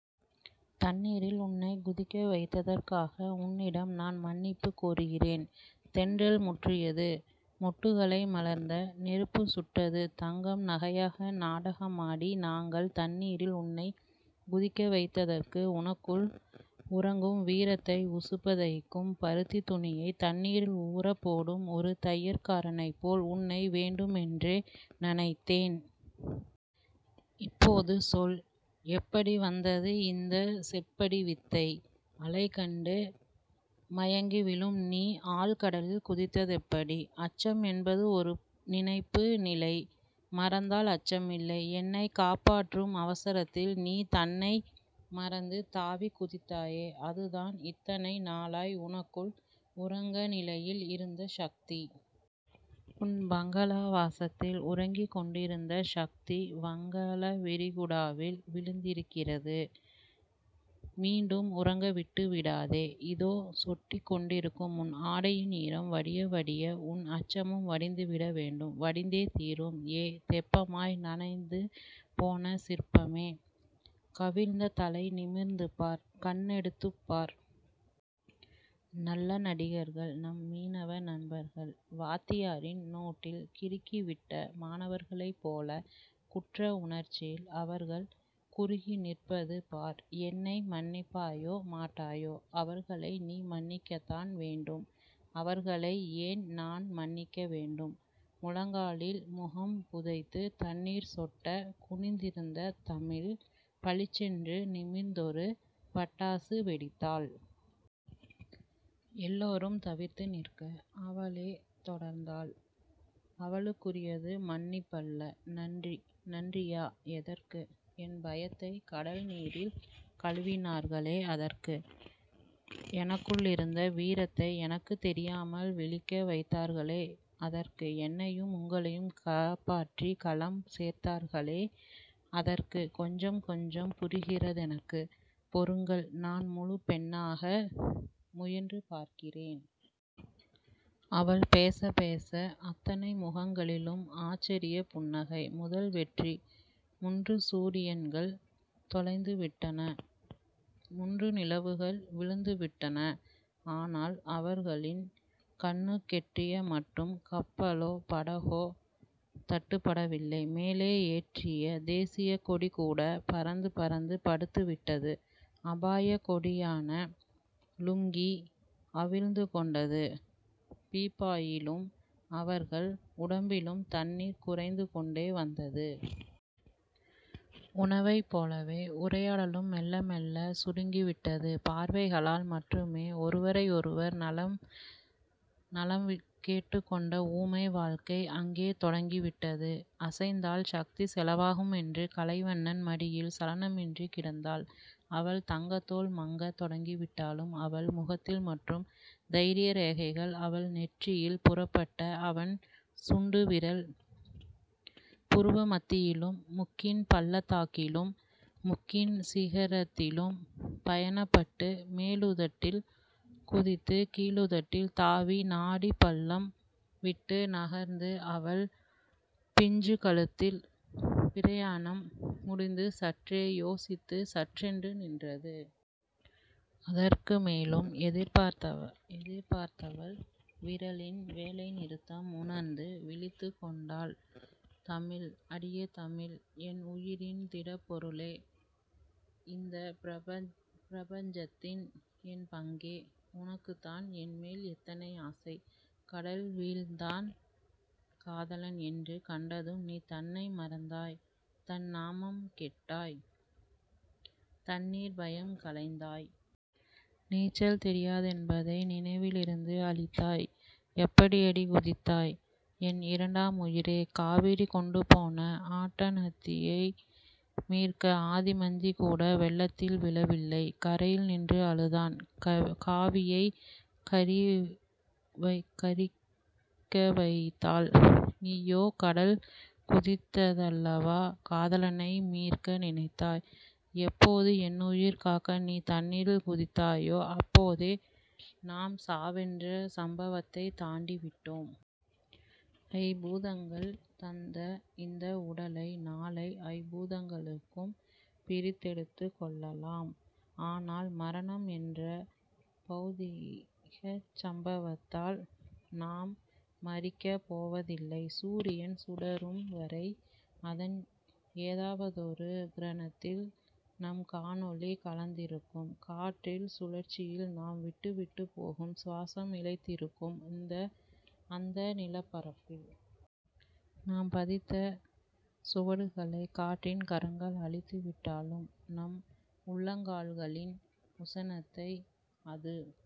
தண்ணீரில் உன்னைக் குதிக்கவைத்ததற்காக உன்னிடம் நான் மன்னிப்புக் கோருகிறேன். தென்றல் முட்டியது மொட்டுக்களை மலர்த்த. நெருப்பு சுட்டது தங்கம் நகையாக. நாடகமாடி நாங்கள் தண்ணீரில் உன்னைக் குதிக்கவைத்தது உனக்குள் உறங்கும் வீரத்தை உசுப்ப. தைக்கும் பருத்தித் துணியைத் தண்ணீரில் ஊறப் போடும் ஒரு தையற்காரனைப் போல் உன்னை வேண்டுமென்றே நனைத்தேன். இப்போது சொல். எப்படி வந்தது இந்தச் செப்படி வித்தை? அலைகண்டு மயங்கிவிழும் நீ ஆழ்கடலில் குதித்ததெப்படி? அச்சம் என்பது ஒரு நினைப்பு நிலை. மறந்தால் அச்சமில்லை. என்னைக் காப்பாற்றும் அவசரத்தில் நீ தன்னை மறந்து தாவிக் குதித்தாயே. அதுதான் இத்தனை நாளாய் உனக்குள் உறக்கநிலையில் இருந்த சக்தி. உன் பங்களாவாசத்தில் உறங்கிக் கொண்டிருந்த சக்தி. வங்காளவிரிகுடாவில் விழித்திருக்கிறது. மீண்டும் உறங்கவிட்டு விடாதே. இதோ. சொட்டிக் கொண்டிருக்கும் உன் ஆடையின் ஈரம் வடிய வடிய உன் அச்சமும் வடிந்துவிட வேண்டும். வடிந்தே தீரும். ஏ தெப்பமாய் நனைந்துபோன சிற்பமே. கவிழ்ந்த தலை நிமிர்ந்து பார். கண்ணெடுத்துப் பார். நல்ல நடிகர்கள் நம் மீனவ நண்பர்கள். வாத்தியாரின் நோட்டில் கிறுக்கிவிட்ட மாணவர்களைப் போலக் குற்ற உணர்ச்சியில் அவர்கள் குறுகிநிற்பது பார். என்னை மன்னிப்பாயோ... மாட்டாயோ... அவர்களை நீ மன்னிக்கத்தான் வேண்டும். அவர்களை ஏன் நான் மன்னிக்க வேண்டும்? முழங்காலில் முகம்புதைத்துத் தண்ணீர் சொட்டக் குனிந்திருந்த தமிழ், பளிச்சென்று நிமிர்ந்தொரு பட்டாசு வெடித்தாள். எல்லோரும் தவித்துநிற்க, அவளே தொடர்ந்தாள். அவர்களுக்குரியது மன்னிப்பல்ல. நன்றி. நன்றியா? எதற்கு? என் பயத்தைக் கடல்நீரில் கழுவினார்களே. அதற்கு. எனக்குள்ளிருந்த வீரத்தை எனக்குத் தெரியாமல் விழிக்க வைத்தார்களே. அதற்கு. என்னையும் உங்களையும் காப்பாற்றிக் கலம் சேர்த்தார்களே. அதற்கு. கொஞ்சம் கொஞ்சம் புரிகிறதெனக்கு. பொறுங்கள். நான் முழுப்பெண்ணாக முயன்று பார்க்கிறேன். அவள் பேசப் பேச, அத்தனை முகங்களிலும் ஆச்சரியப் புன்னகை. முதல் வெற்றி. முன்று சூரியன்கள் தொலைந்துவிட்டன. முன்று நிலவுகள் விழுந்துவிட்டன. ஆனால், அவர்களின் கண்ணுக்கெட்டியமட்டும் கப்பலோ படகோ தட்டுப்படவில்லை. மேலே ஏற்றிய தேசியக்கொடிகூடப் பறந்து பறந்து படுத்துவிட்டது. அபாயக்கொடியான லுங்கி அவிழ்ந்துகொண்டது. பீப்பாயிலும் அவர்கள் உடம்பிலும் தண்ணீர் குறைந்துகொண்டே வந்தது. உணவைப் போலவே உரையாடலும் மெள்ள மெள்ள சுருங்கிவிட்டது. பார்வைகளால் மட்டுமே ஒருவரை ஒருவர் நலம் கேட்டுக்கொண்ட ஊமை வாழ்க்கை அங்கே தொடங்கிவிட்டது. அசைந்தால் சக்தி செலவாகுமென்று கலைவண்ணன் மடியில் சலனமின்றிக் கிடந்தாள் அவள் தங்கத்தோல் மங்கத் தொடங்கிவிட்டாலும் அவள் முகத்தில் மட்டும் தைரியரேகைகள். அவள் நெற்றியில் புறப்பட்ட அவன் சுட்டுவிரல், புருவமத்தியிலும் முக்கின் பள்ளத்தாக்கிலும் முக்கின் சிகரத்திலும் பயணப்பட்டு மேலுதட்டில் குதித்து கீழுதட்டில் தாவி நாடிப் பள்ளம்விட்டு நகர்ந்து அவள் பிஞ்சுக் கழுத்தில் பிரயாணம் முடித்துச் சற்றே யோசித்துச் சட்டென்று நின்றது. அதற்குமேலும் எதிர்பார்த்தவள், விரலின் வேலைநிறுத்தம் உணர்ந்து விழித்துக்கொண்டாள். தமிழ். அடியே தமிழ். என் உயிரின் திடப்பொருளே. இந்தப் பிரபஞ்சத்தின் என் பங்கே. உனக்குத்தான் என்மேல் எத்தனை ஆசை. கடல் வீழ்ந்தான் காதலன் என்று கண்டதும் நீ தன்னை மறந்தாய். தன் நாமம் கெட்டாய். தண்ணீர்பயம் களைந்தாய். நீச்சல் தெரியாதென்பதை நினைவிலிருந்து அழித்தாய். எப்படியடி குதித்தாய்? என் இரண்டாம் உயிரே. காவிரி கொண்டுபோன ஆட்டனத்தியை மீட்க ஆதிமந்திகூட வெள்ளத்தில் விழவில்லை. கரையில் நின்று அழுதுதான் காவியைக் கரிக்கவைத்தாள். நீயோ கடல்குதித்தல்லவா காதலனை மீட்க நினைத்தாய். எப்போது என்னுயிர் காக்க நீ தண்ணீரில் குதித்தாயோ அப்போதே நாம் சாவென்ற சம்பவத்தைத் தாண்டிவிட்டோ ம். ஐம்பூதங்கள் தந்த இந்த உடலை நாளை ஐம்பூதங்களும் பிரித்தெடுத்துக் கொள்ளலாம். ஆனால், மரணம் என்ற பெளதிகச் சம்பவத்தால் நாம் மரிக்கப் போவதில்லை. சூரியன் சுடரும்வரை அதன் ஏதாவதொரு கிரணத்தில் நம் கண்ணொளி கலந்திருக்கும். காற்றின் சுழற்சியில் நாம் விட்டுவிட்டுப் போகும் சுவாசம் இழைந்திருக்கும். அந்த நிலப்பரப்பில் நாம் பதித்த சுவடுகளைக் காற்றின் கரங்கள் அழித்துவிட்டாலும், நம் உள்ளங்கால்களின் உஷணத்தை அது